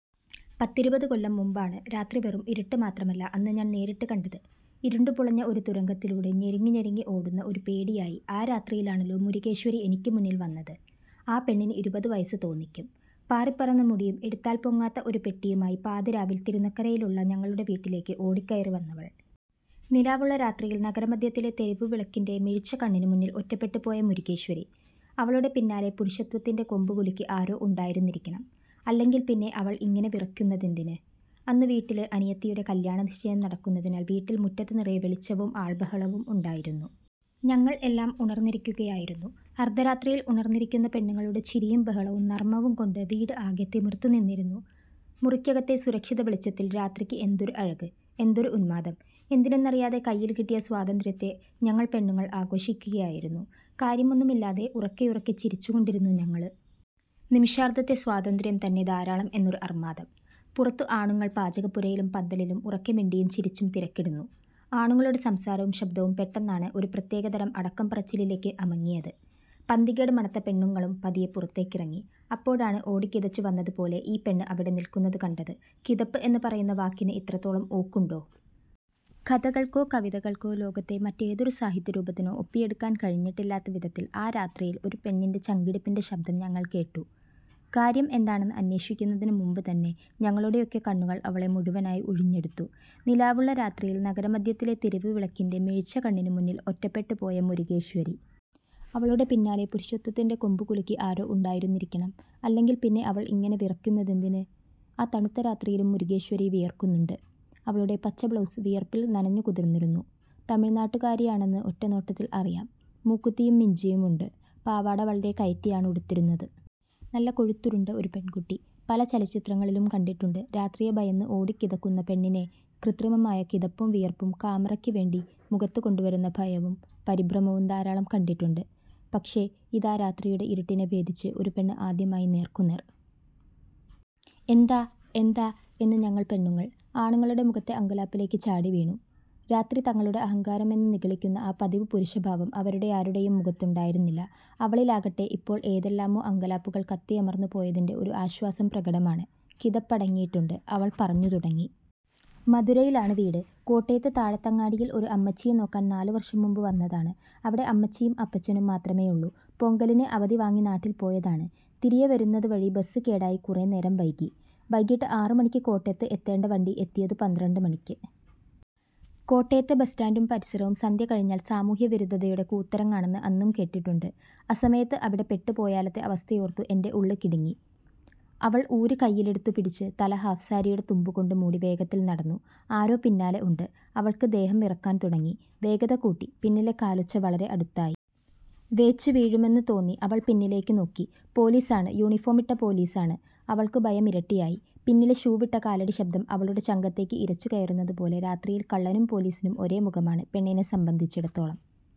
പത്തിരുപതുകൊല്ലം മുമ്പാണ് രാത്രി വെറും ഇരുട്ട് മാത്രമല്ല അന്ന് ഞാൻ നേരിട്ട് കണ്ടത്. ഇരുണ്ടു പുളഞ്ഞ ഒരു തുരങ്കത്തിലൂടെ ഞെരുങ്ങി ഞെരുങ്ങി ഓടുന്ന ഒരു പേടിയായി ആ രാത്രിയിലാണല്ലോ മുരുകേശ്വരി എനിക്ക് മുന്നിൽ വന്നത് ആ പെണ്ണിന് ഇരുപതു വയസ്സ് തോന്നിക്കും. പാറിപ്പറന്ന മുടിയും എടുത്താൽ പൊങ്ങാത്ത ഒരു പെട്ടിയുമായി പാതിരാവിൽ തിരുനക്കരയിലുള്ള ഞങ്ങളുടെ വീട്ടിലേക്കു ഓടിക്കയറി വന്നവൾ. നിലാവുള്ള രാത്രിയിൽ നഗരമധ്യത്തിലെ തെരുവുവിളക്കിന്റെ മിഴിച്ച കണ്ണിനു മുന്നിൽ ഒറ്റപ്പെട്ടു പോയ മുരുകേശ്വരി. അവളുടെ പിന്നാലെ പുരുഷത്വത്തിന്റെ കൊമ്പ് കുലുക്കി ആരോ ഉണ്ടായിരുന്നിരിക്കണം. അല്ലെങ്കിൽ പിന്നെ അവൾ ഇങ്ങനെ വിറക്കുന്നതെന്തിന്? അന്ന് വീട്ടില് അനിയത്തിയുടെ കല്യാണനിശ്ചയം നടക്കുന്നതിനാൽ വീട്ടിൽ മുറ്റത്ത് നിറയെ വെളിച്ചവും ആൾ ബഹളവും ഉണ്ടായിരുന്നു. ഞങ്ങൾ എല്ലാം ഉണർന്നിരിക്കുകയായിരുന്നു. അർദ്ധരാത്രിയിൽ ഉണർന്നിരിക്കുന്ന പെണ്ണുങ്ങളുടെ ചിരിയും ബഹളവും നർമ്മവും കൊണ്ട് വീട് ആകെ തിമിർത്തു നിന്നിരുന്നു. മുറിക്കകത്തെ സുരക്ഷിതവെളിച്ചത്തിൽ രാത്രിക്ക് എന്തൊരു അഴക്!! എന്തൊരു ഉന്മാദം!! എന്തിനെന്നറിയാതെ കയ്യിൽ കിട്ടിയ സ്വാതന്ത്ര്യത്തെ ഞങ്ങൾ പെണ്ണുങ്ങൾ ആഘോഷിക്കുകയായിരുന്നു. കാര്യമൊന്നുമില്ലാതെ ഉറക്കെയുറക്കെ ചിരിച്ചു കൊണ്ടിരുന്നു ഞങ്ങള്. നിമിഷാർദ്ധത്തെ സ്വാതന്ത്ര്യം തന്നെ ധാരാളം എന്നൊരു അർമാദം. പുറത്തു ആണുങ്ങൾ പാചകപ്പുരയിലും പന്തലിലും ഉറക്കെ മിണ്ടിയും ചിരിച്ചും തിരക്കിടുന്നു. ആണുങ്ങളുടെ സംസാരവും ശബ്ദവും പെട്ടെന്നാണ് ഒരു പ്രത്യേക തരം അടക്കം പറച്ചിലിലേക്ക് അമങ്ങിയത്. പന്തികേട് മണത്ത പെണ്ണുങ്ങളും പതിയെ പുറത്തേക്കിറങ്ങി. അപ്പോഴാണ് ഓടിക്കിതച്ചുവന്നത് പോലെ ഈ പെണ്ണ് അവിടെ നിൽക്കുന്നത് കണ്ടത് കിതപ്പ് എന്ന് പറയുന്ന വാക്കിനു ഇത്രത്തോളം ഊക്കുണ്ടോ? കഥകൾക്കോ കവിതകൾക്കോ ലോകത്തെ മറ്റേതൊരു സാഹിത്യരൂപത്തിനോ ഒപ്പിയെടുക്കാൻ കഴിഞ്ഞിട്ടില്ലാത്ത വിധത്തിൽ ആ രാത്രിയിൽ ഒരു പെണ്ണിന്റെ ചങ്കിടിപ്പിന്റെ ശബ്ദം ഞങ്ങൾ കേട്ടു കാര്യം എന്താണെന്ന് അന്വേഷിക്കുന്നതിനു മുമ്പ് തന്നെ ഞങ്ങളുടെയൊക്കെ കണ്ണുകൾ അവളെ മുഴുവനായി ഉഴിഞ്ഞെടുത്തു. നിലാവുള്ള രാത്രിയിൽ നഗരമധ്യത്തിലെ തെരുവുവിളക്കിന്റെ മിഴിച്ച കണ്ണിനു മുന്നിൽ ഒറ്റപ്പെട്ടു പോയ മുരുകേശ്വരി. അവളുടെ പിന്നാലെ പുരുഷത്വത്തിന്റെ കൊമ്പ് കുലുക്കി ആരോ ഉണ്ടായിരുന്നിരിക്കണം. അല്ലെങ്കിൽ പിന്നെ അവൾ ഇങ്ങനെ വിറക്കുന്നതെന്തിന്? ആ തണുത്ത രാത്രിയിലും മുരുകേശ്വരി വിയർക്കുന്നുണ്ട്. അവളുടെ പച്ച ബ്ലൗസ് വിയർപ്പിൽ നനഞ്ഞു കുതിർന്നിരുന്നു. തമിഴ് നാട്ടുകാരിയാണെന്നു ഒറ്റ നോട്ടത്തിൽ അറിയാം. മൂക്കുത്തിയും മിഞ്ചിയുമുണ്ട്. പാവാട വളരെ കയറ്റിയാണ് ഉടുത്തിരുന്നത്. നല്ല കൊഴുത്തുരുണ്ട ഒരു പെൺകുട്ടി. പല ചലച്ചിത്രങ്ങളിലും കണ്ടിട്ടുണ്ട് രാത്രിയെ ഭയന്ന് ഓടിക്കിതക്കുന്ന പെണ്ണിനെ കൃത്രിമമായ കിതപ്പും വിയർപ്പും കാമറക്ക് വേണ്ടി മുഖത്ത് കൊണ്ടുവരുന്ന ഭയവും പരിഭ്രമവും ധാരാളം കണ്ടിട്ടുണ്ട് പക്ഷെ, ഇതാ രാത്രിയുടെ ഇരുട്ടിനെ ഭേദിച്ച് ഒരു പെണ്ണ് ആദ്യമായി നേർക്കുനേർ. ' എന്താ എന്താ ' എന്ന് ഞങ്ങൾ പെണ്ണുങ്ങൾ, ആണുങ്ങളുടെ മുഖത്തെ അങ്കലാപ്പിലേക്ക് ചാടിവീണു. രാത്രി തങ്ങളുടെ അഹങ്കാരമെന്നു നിഗളിക്കുന്ന ആ പതിവുപുരുഷഭാവം അവരുടെയാരുടെയും മുഖത്തുണ്ടായിരുന്നില്ല. അവളിലാകട്ടെ ഇപ്പോൾ ഏതെല്ലാമോ അങ്കലാപ്പുകൾ കത്തിയമർന്നു പോയതിന്റെ ഒരു ആശ്വാസം പ്രകടമാണ്. കിതപ്പടങ്ങിയിട്ടുണ്ട്. അവൾ പറഞ്ഞു തുടങ്ങി. ' മധുരയിലാണ് വീട്. കോട്ടയത്ത് താഴത്തങ്ങാടിയിൽ ഒരു അമ്മച്ചിയെ നോക്കാൻ നാല് വർഷം മുമ്പ് വന്നതാണ്. അവിടെ അമ്മച്ചിയും അപ്പച്ചനും മാത്രമേയുള്ളൂ. പൊങ്കലിന് അവധി വാങ്ങി നാട്ടിൽ പോയതാണ്. തിരിയെ വരുന്നത് വഴി ബസ് കേടായി കുറെ നേരംവൈകി. വൈകിട്ട് ആറുമണിക്ക് കോട്ടയത്ത് എത്തേണ്ട വണ്ടി എത്തിയതു പന്ത്രണ്ട് മണിക്ക് '. കോട്ടയത്തെ ബസ്സ് സ്റ്റാൻഡും പരിസരവും സന്ധ്യ കഴിഞ്ഞാൽ സാമൂഹ്യവിരുദ്ധതയുടെ കൂത്തരങ്ങാണെന്ന് അന്നും കേട്ടിട്ടുണ്ട്. അസമയത്ത് അവിടെ പെട്ട് പോയാലത്തെ അവസ്ഥയോർത്തു എന്റെ ഉള്ള് കിടുങ്ങി. അവൾ ഊര് കയ്യിലെടുത്തുപിടിച്ച് തല ഹാഫ്സാരിയുടെ തുമ്പു കൊണ്ട് മൂടി വേഗത്തിൽ നടന്നു. ആരോ പിന്നാലെ ഉണ്ട് അവൾക്കു ദേഹം വിറക്കാൻ തുടങ്ങി വേഗത കൂട്ടി പിന്നിലെ കാലൊച്ച വളരെ അടുത്തായി. വേച്ച് വീഴുമെന്നു തോന്നി അവൾ പിന്നിലേക്ക് നോക്കി. പോലീസാണ് യൂണിഫോമിട്ട പോലീസാണ്. അവൾക്കു ഭയമിരട്ടിയായി. പിന്നിലെ ഷൂവിട്ട കാലടിശബ്ദം അവളുടെ ചങ്കത്തേക്ക് ഇരച്ചു കയറുന്നത് പോലെ രാത്രിയിൽ കള്ളനും പോലീസിനും ഒരേ മുഖമാണ് പെണ്ണിനെ സംബന്ധിച്ചിടത്തോളം.